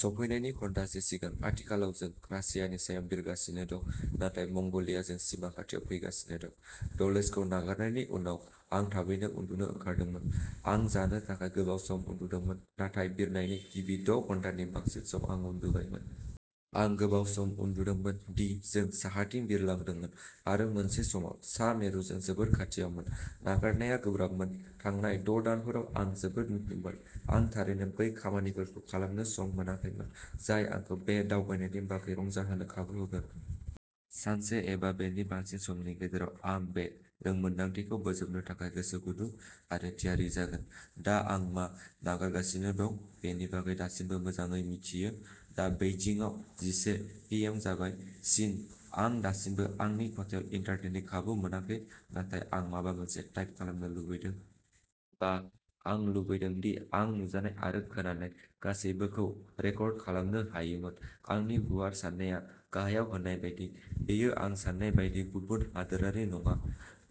सफैनायनि घन्टासे सिगां। आथिखालाव जों रासियानि सायाव बिरगासिनो दं, नाथाय मंग'लियाजों सिमा खाथियाव फैगासिनो दं। डलेसखौ नागारनायनि उनाव, आं थाबैनो उन्दुनो ओंखारदोंमोन। आं जानो थाखाय गोबाव सम उन्दुदोंमोन, नाथाय बिरनायनि गिबि द' घन्टानि बांसिन सम, आं उन्दुबायमोन। आं गोबाव सम उन्दुदोंमोन दि जों साहाथिं बिरलांदोंमोन, आरो मोनसे समाव सा-मेरुजों जोबोद खाथियावमोन। नागारनाया गोब्राबमोन। थांनाय द'दानफोराव आं जोबोद मुखुबमोन, आं थारैनो बै खामानिफोरखौ खालामनो सम मोनाखैमोन जाय आंखौ बे दावबायनायनि बागै रंजाहोनो खाबु होगोन। सानसे एबा बेनि बांसिन समनि गेजेराव आं बे रोंमोनदांथिखौ बोजबनो थाखाय गोसो गुदुं आरो थियारि जागोन। दा, आं मा नागारगासिनो दं बेनि बागै दासिमबो मोजाङै मिथियो। दा बेइजिंआव जिसे पि एम जाबाय। चीन। आं दासिमबो आंनि खथायाव इन्टारनेटनि खाबु मोनाखै, नाथाय आं माबा मोनसे टाइप खालामनो लुबैदों। बाह। आं लुबैदों दि आं नुजानाय आरो खोनानाय गासैबोखौ रेकर्ड खालामनो हायोमोन। आंनि गुवार साननाया गाहायाव होनाय बायदि, बेयो आं सान्नाय बायदि गुबुन हादोरारि नङा।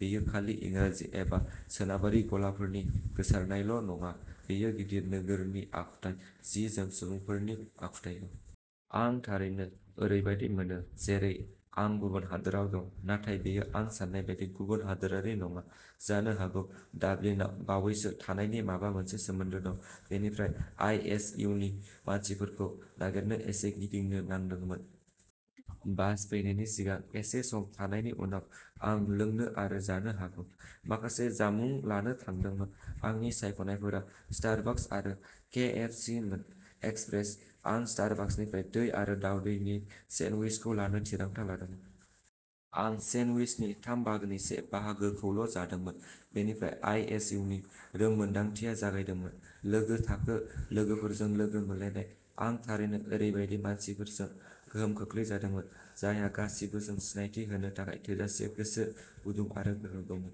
बेयो खालि इंराजि एबा सोनाबारि गलाफोरनि गोसारनायल'नङा, बेयो गिदिर नोगोरनि आखुथाय, जि-जोम, सुबुंफोरनि आखुथायबो। आं थारैनो ओरैबादि मोनो जेरै आं गुबुन हादोराव दं, नाथाय बेयो आं सान्नाय बायदि गुबुन हादोरारि नङा। जानो हागौ डाबलिनआव बावैसो थानायनि माबा मोनसे सोमोन्दो दं। बेनिफ्राय, आइ. एस. इउ. नि मानसिफोरखौ नागिरनो एसे गिदिंनो नांदोंमोन। बास फैनायनि सिगां एसे सम थानायनि उनाव, आं लोंनो आरो जानो हागौ माखासे जामुं लानो थांदोंमोन, आंनि सायख'नायफोरा स्टारबाकस आरो के. एफ. सि. मोन। एक्सप्रेस। आं स्टारबाकसनिफ्राय दै आरो दावदैनि सेन्डविचखौ लानो थिरांथा लादोंमोन। आं सेन्डविचनि थाम बाहागोनि से बाहागोखौल'जादोंमोन। बेनिफ्राय आइ. एस. इउ. नि रोंमोनदांथिया जागायदोंमोन। लोगो थाखो लोगोफोरजों लोगो मोनलायनाय। आं थारैनो ओरैबायदि मानसिफोरजों गोहोम खोख्लैजादोंमोन, जायहा गासिबोजों सिनायथि होनो थाखाय थोजासे गोसो गुदुं आरो गोहो दंमोन।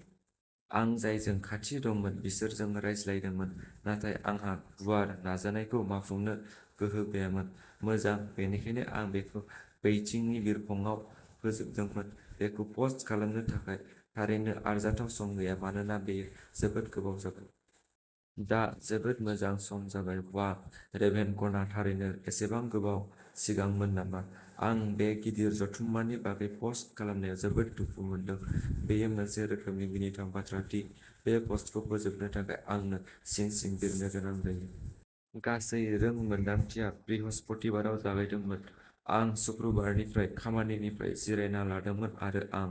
आं जायजों खाथि दंमोन बिसोरजों रायज्लायदोंमोन, नाथाय आंहा गुवार नाजानायखौ मावफुंनो गोहो गैयामोन। मोजां, बेनिखायनो आं बेखौ बेइजिंनि बिरखंआव फोजोबदोंमोन। बेखौ पस्ट खालामनो थाखाय थारैनो आरजाथाव सम गैया मानोना बेयो जोबोद गोबाव जाबाय। दा जोबोद मोजां सम जाबाय। बाह, रेभेनकनआ थारैनो एसेबां गोबाव सिगांमोन नामा? आं बे गिदिर जथुम्मानि बागै पस्ट खालामनायाव जोबोद दुखु मोनदों। बेयो मोनसे रोखोमनि मिनिथाव बाथ्रा दि बे पस्टखौ फोजोबनो थाखाय आंनो चीनसिम बिरनो गोनां जायो। गासै रोंमोनदांथिया बृहस्पतिबाराव जागायदोंमोन। आं शुक्रबारनिफ्राय खामानिनिफ्राय जिरायनाय लादोंमोन, आरो आं